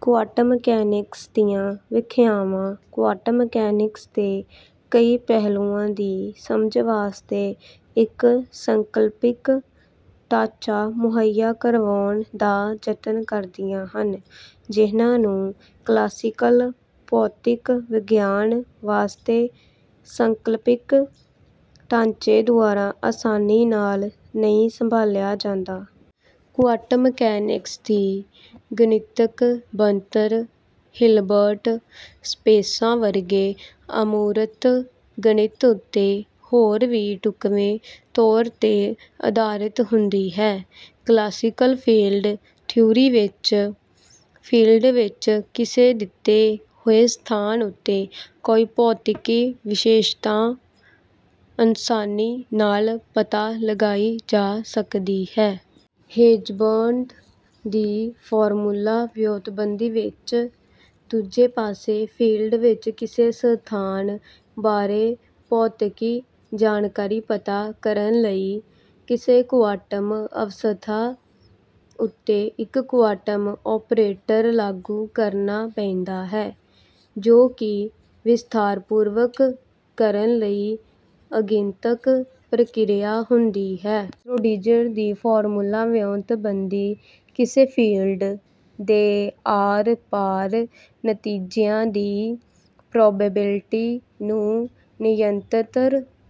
Quantum mechanics ਦੀਆਂ ਵਿਆਖਿਆਵਾਂ quantum mechanics ਦੇ ਕਈ ਪਹਿਲੂਆਂ ਦੀ ਸਮਝ ਵਾਸਤੇ ਇੱਕ ਸੰਕਲਪਿਕ ਢਾਂਚਾ ਮੁਹੱਈਆ ਕਰਵਾਉਣ ਦਾ ਯਤਨ ਕਰਦੀਆਂ ਹਨ ਜਿਹਨਾਂ ਨੂੰ ਕਲਾਸੀਕਲ ਭੌਤਿਕ ਵਿਗਿਆਨ ਵਾਸਤੇ ਸੰਕਲਪਿਕ ਢਾਂਚੇ ਦੁਆਰਾ ਅਸਾਨੀ ਨਾਲ ਨਹੀਂ ਸੰਭਾਲਿਆ ਜਾਂਦਾ। ਕੁਆਂਟਮ ਮਕੈਨਿਕਸ ਦੀ ਗਣਿਤਿਕ ਬਣਤਰ ਹਿਲਬਰਟ ਸਪੇਸਾਂ ਵਰਗੇ ਅਮੂਰਤ ਗਣਿਤ ਉੱਤੇ ਹੋਰ ਵੀ ਢੁਕਵੇਂ ਤੌਰ ਤੇ ਅਧਾਰਿਤ ਹੁੰਦੀ ਹੈ। ਕਲਾਸੀਕਲ ਫੀਲਡ ਥਿਊਰੀ ਵਿੱਚ, ਫੀਲਡ ਵਿੱਚ ਕਿਸੇ ਦਿੱਤੇ ਹੋਏ ਸਥਾਨ ਉੱਤੇ ਕੋਈ ਭੌਤਿਕੀ ਵਿਸ਼ੇਸ਼ਤਾ ਅਸਾਨੀ ਨਾਲ ਪਤਾ ਲਗਾਈ ਜਾ ਸਕਦੀ ਹੈ। ਹੇਜ਼ਨਬਰਗ ਦੀ ਫਾਰਮੂਲਾ ਵਿਓਂਤਬੰਦੀ ਵਿੱਚ, ਦੂਜੇ ਪਾਸੇ, ਫੀਲਡ ਵਿੱਚ ਕਿਸੇ ਸਥਾਨ ਬਾਰੇ ਭੌਤਿਕੀ ਜਾਣਕਾਰੀ ਪਤਾ ਕਰਨ ਲਈ, ਕਿਸੇ ਕੁਆਂਟਮ ਅਵਸਥਾ ਉੱਤੇ ਇੱਕ ਕੁਆਂਟਮ ਓਪਰੇਟਰ ਲਾਗੂ ਕਰਨਾ ਪੈਂਦਾ ਹੈ, ਜੋ ਕਿ ਵਿਸਥਾਰਪੂਰਵਕ ਕਰਨ ਵਾਲੀ ਗਣਿਤਿਕ ਪ੍ਰਕ੍ਰਿਆ ਹੁੰਦੀ ਹੈ। ਸ਼੍ਰੋਡਿੰਜਰ ਦੀ ਫਾਰਮੂਲਾ ਵਿਓਂਤਬੰਦੀ ਕਿਸੇ ਫੀਲਡ ਦੇ ਆਰ-ਪਾਰ ਨਤੀਜਿਆਂ ਦੀ ਪ੍ਰੋਬੇਬਿਲਟੀ ਨੂੰ ਨਿਯੰਤ੍ਰਿਤ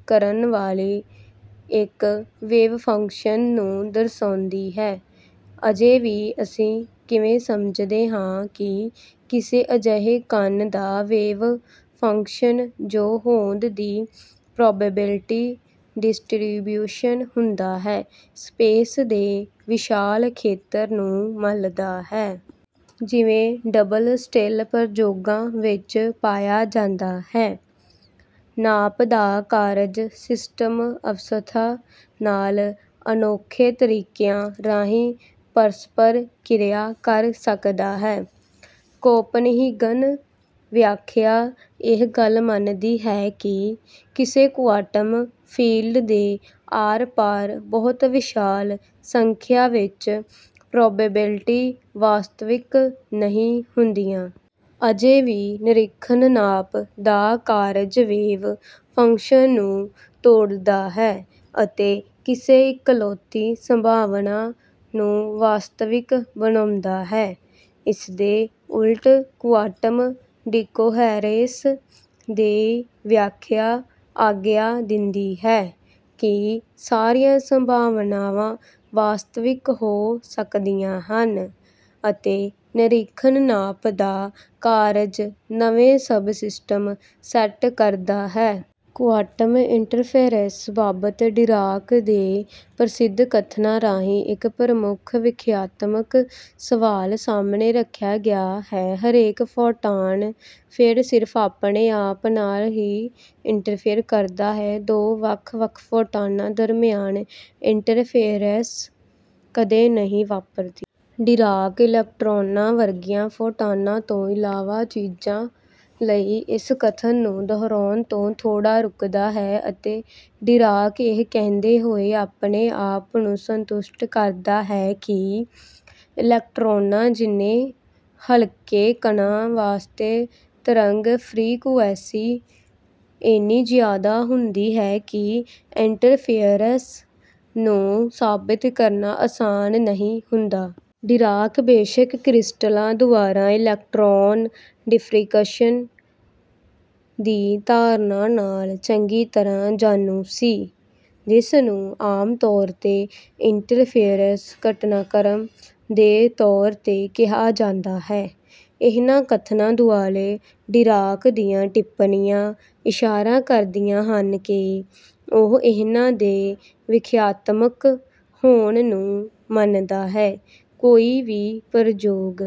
ਕਰਨ ਵਾਲੀ ਇੱਕ ਵੇਵਫੰਕਸ਼ਨ ਨੂੰ ਦਰਸਾਉਂਦੀ ਹੈ। ਅਜੇ ਵੀ ਅਸੀਂ ਕਿਵੇਂ ਸਮਝਦੇ ਹਾਂ ਕਿ ਕਿਸੇ ਅਜਿਹੇ ਕਣ ਦਾ ਵੇਵ ਫੰਕਸ਼ਨ ਜੋ ਹੋਂਦ ਦੀ ਪ੍ਰੋਬੇਬਿਲਟੀ ਡਿਸਟ੍ਰੀਬਿਊਸ਼ਨ ਹੁੰਦਾ ਹੈ, ਸਪੇਸ ਦੇ ਵਿਸ਼ਾਲ ਖੇਤਰ ਨੂੰ ਮੱਲਦਾ ਹੈ? ਜਿਵੇਂ ਡਬਲ-ਸਲਿੱਟ ਪ੍ਰਯੋਗਾਂ ਵਿੱਚ ਪਾਇਆ ਜਾਂਦਾ ਹੈ, ਨਾਪ ਦਾ ਕਾਰਜ ਸਿਸਟਮ ਅਵਸਥਾ ਨਾਲ ਅਨੋਖੇ ਤਰੀਕਿਆਂ ਰਾਹੀਂ ਪਰਸਪਰ ਕ੍ਰਿਆ ਕਰ ਸਕਦਾ ਹੈ ਕੌਪਨਹੀਗਨ ਵਿਆਖਿਆ ਇਹ ਗੱਲ ਮੰਨਦੀ ਹੈ ਕਿ ਕਿਸੇ ਕੁਆਂਟਮ ਫੀਲਡ ਦੇ ਆਰ-ਪਾਰ ਬਹੁਤ ਵਿਸ਼ਾਲ ਸੰਖਿਆ ਵਿੱਚ ਪ੍ਰੋਬੇਬਿਲਟੀਆਂ ਵਾਸਤਵਿਕ ਨਹੀਂ ਹੁੰਦੀਆਂ। ਅਜੇ ਵੀ ਨਿਰੀਖਣ ਨਾਪ ਦਾ ਕਾਰਜ ਵੇਵ ਫੰਕਸ਼ਨ ਨੂੰ ਤੋੜਦਾ ਹੈ ਅਤੇ ਕਿਸੇ ਇਕਲੌਤੀ ਸੰਭਾਵਨਾ ਨੂੰ ਵਾਸਤਵਿਕ ਬਣਾਉਂਦਾ ਹੈ। ਇਸਦੇ ਉਲਟ ਕੁਆਂਟਮ ਡਿਕੋਹਰੈਂਸ ਦੀ ਵਿਆਖਿਆ ਆਗਿਆ ਦਿੰਦੀ ਹੈ ਕਿ ਸਾਰੀਆਂ ਸੰਭਾਵਨਾਵਾਂ ਵਾਸਤਵਿਕ ਹੋ ਸਕਦੀਆਂ ਹਨ, ਅਤੇ ਨਿਰੀਖਣ ਨਾਪ ਦਾ ਕਾਰਜ ਨਵੇਂ ਸਬ-ਸਿਸਟਮ ਸੈੱਟ ਕਰਦਾ ਹੈ। ਕੁਆਂਟਮ ਇੰਟਰਫੇਰੈਂਸ ਬਾਬਤ ਡੀਰਾਕ ਦੇ ਪ੍ਰਸਿੱਧ ਕਥਨਾਂ ਰਾਹੀਂ ਇੱਕ ਪ੍ਰਮੁੱਖ ਵਿਆਖਿਆਤਮਿਕ ਸਵਾਲ ਸਾਹਮਣੇ ਰੱਖਿਆ ਗਿਆ ਹੈ: "ਹਰੇਕ ਫੋਟਾਨ ਫੇਰ ਸਿਰਫ ਆਪਣੇ ਆਪ ਨਾਲ ਹੀ ਇੰਟਰਫੇਅਰ ਕਰਦਾ ਹੈ। ਦੋ ਵੱਖਰੇ ਫੋਟਾਨਾਂ ਦਰਮਿਆਨ ਇੰਟਰਫੇਅਰੈਂਸ ਕਦੇ ਨਹੀਂ ਵਾਪਰਦੀ।" ਡੀਰਾਕ ਇਲੈਕਟ੍ਰਾਨਾਂ ਵਰਗੀਆਂ ਫੋਟਾਨਾਂ ਤੋਂ ਇਲਾਵਾ ਚੀਜ਼ਾਂ ਲਈ ਇਸ ਕਥਨ ਨੂੰ ਦੁਹਰਾਉਣ ਤੋਂ ਥੋੜਾ ਰੁਕਦਾ ਹੈ ਅਤੇ ਡੀਰਾਕ ਇਹ ਕਹਿੰਦੇ ਹੋਏ ਆਪਣੇ ਆਪ ਨੂੰ ਸੰਤੁਸ਼ਟ ਕਰਦਾ ਹੈ ਕਿ, "ਇਲੈਕਟ੍ਰਾਨਾਂ ਜਿੰਨੇ ਹਲਕੇ ਕਣਾਂ ਵਾਸਤੇ ਤਰੰਗ ਫ੍ਰੀਕੁਐਂਸੀ ਇੰਨੀ ਜ਼ਿਆਦਾ ਹੁੰਦੀ ਹੈ ਕਿ ਇੰਟਰਫੇਅਰੈਂਸ ਨੂੰ ਸਾਬਤ ਕਰਨਾ ਆਸਾਨ ਨਹੀਂ ਹੁੰਦਾ।" ਡੀਰਾਕ ਬੇਸ਼ੱਕ ਕ੍ਰਿਸਟਲਾਂ ਦੁਆਰਾ ਇਲੈਕਟ੍ਰਾਨ ਡਿਫ੍ਰੈਕਸ਼ਨ ਦੀ ਧਾਰਨਾ ਨਾਲ ਚੰਗੀ ਤਰ੍ਹਾਂ ਜਾਣੂ ਸੀ, ਜਿਸਨੂੰ ਆਮਤੌਰ ਤੇ ਇੰਟਰਫੇਅਰੈਂਸ ਘਟਨਾਕ੍ਰਮ ਦੇ ਤੌਰ ਤੇ ਕਿਹਾ ਜਾਂਦਾ ਹੈ। ਇਹਨਾਂ ਕਥਨਾਂ ਦੁਆਲੇ ਡੀਰਾਕ ਦੀਆਂ ਟਿੱਪਣੀਆਂ ਇਸ਼ਾਰਾ ਕਰਦੀਆਂ ਹਨ ਕਿ ਉਹ ਇਹਨਾਂ ਦੇ ਵਿਆਖਿਆਤਮਿਕ ਹੋਣ ਨੂੰ ਮੰਨਦਾ ਹੈ। ਕੋਈ ਵੀ ਪ੍ਰਯੋਗ